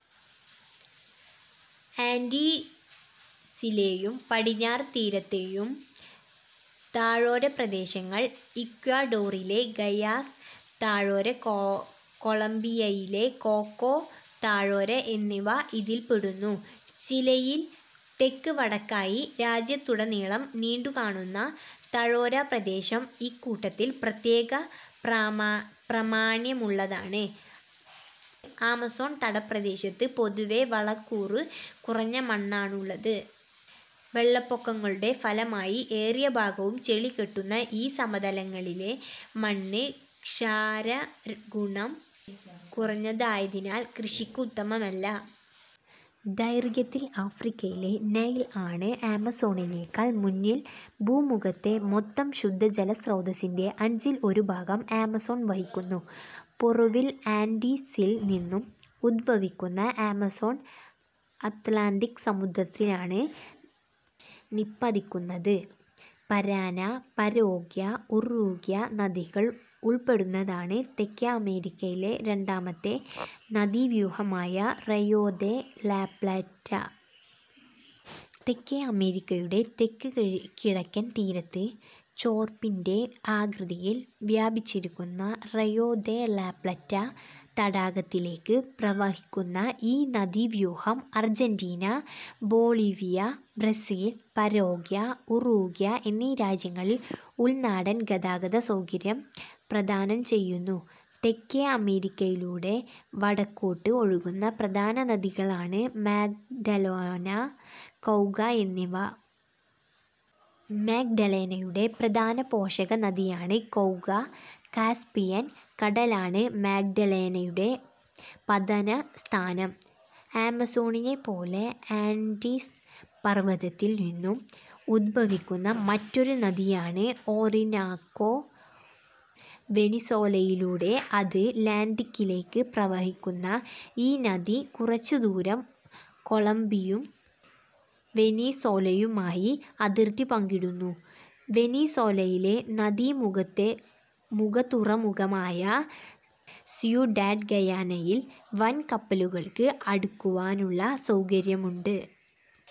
ആൻഡീസിലെയും പടിഞ്ഞാറ് തീരത്തെയും താഴ്വരപ്രദേശങ്ങൾ, ഇക്വഡോറിലെ ഗയാസ് താഴ്വര, കൊളംബിയയിലെ കൊക്കോ താഴ്വര എന്നിവ ഇതിൽപ്പെടുന്നു. ചിലിയിൽ തെക്ക് വടക്കായി രാജ്യത്തുടനീളം നീണ്ടുകാണുന്ന താഴ്വരപ്രദേശം ഇക്കൂട്ടത്തിൽ പ്രത്യേക പ്രാമാണ്യമുള്ളതാണ്. ആമസോൺ തടപ്രദേശത്ത് പൊതുവേ വളക്കൂറു കുറഞ്ഞ മണ്ണാണുള്ളത്. വെള്ളപ്പൊക്കങ്ങളുടെ ഫലമായി ഏറിയ ഭാഗവും ചെളികെട്ടുന്ന ഈ സമതലങ്ങളിലെ മണ്ണ് ക്ഷാരഗുണം കുറഞ്ഞതായതിനാൽ കൃഷിക്ക് ഉത്തമമല്ല. ദൈർഘ്യത്തിൽ ആഫ്രിക്കയിലെ നൈൽ ആണ് ആമസോണിനെക്കാൾ മുന്നിൽ. ഭൂമുഖത്തെ മൊത്തം ശുദ്ധജലസ്രോതസ്സിന്റെ അഞ്ചിൽ ഒരുഭാഗം ആമസോൺ വഹിക്കുന്നു. പെറുവിൽ ആൻഡീസിൽ നിന്നും ഉദ്ഭവിക്കുന്ന ആമസോൺ അത്ലാന്തിക് സമുദ്രത്തിലാണ് നിപതിക്കുന്നത്. പരാന, പരാഗ്വേ, ഉറുഗ്വേ നദികൾ ഉൾപ്പെടുന്നതാണ് തെക്കേ അമേരിക്കയിലെ രണ്ടാമത്തെ നദീവ്യൂഹമായ റയോ ദെ ലാപ്ലാറ്റ. തെക്കേ അമേരിക്കയുടെ തെക്ക് കിഴക്കൻ തീരത്ത് ചോർപ്പിന്റെ ആകൃതിയിൽ വ്യാപിച്ചിരിക്കുന്ന റെയോ ദെ ലാപ്ലാറ്റ തടാകത്തിലേക്ക് പ്രവഹിക്കുന്ന ഈ നദീവ്യൂഹം Argentina, Bolivia, Brazil, Paraguay, Uruguay എന്നീ രാജ്യങ്ങളിൽ ഉൾനാടൻ ഗതാഗത സൗകര്യം പ്രദാനം ചെയ്യുന്നു. തെക്കേ അമേരിക്കയിലൂടെ വടക്കോട്ട് ഒഴുകുന്ന പ്രധാന നദികളാണ് മഗ്ഡലെന, കൗക എന്നിവ. മഗ്ഡലെനയുടെ പ്രധാനപോഷക നദിയാണ് കൗക. കാസ്പിയൻ കടലാണ് മഗ്ഡലെനയുടെ പതനസ്ഥാനം. ആമസോണിനെപ്പോലെ ആൻഡീസ് പർവതത്തിൽ നിന്നും ഉദ്ഭവിക്കുന്ന മറ്റൊരു നദിയാണ് ഓറിനാക്കോ. വെനിസ്വേലയിലൂടെ അത് ലാന്തിക്കിലേക്ക് പ്രവഹിക്കുന്ന ഈ നദി കുറച്ചുദൂരം കൊളംബിയും വെനിസ്വേലയുമായി അതിർത്തി പങ്കിടുന്നു. വെനിസ്വേലയിലെ നദീമുഖതുറമുഖമായ സിയുഡാഡ്ഗയാനയിൽ വൻ കപ്പലുകൾക്ക് അടുക്കുവാനുള്ള സൗകര്യമുണ്ട്.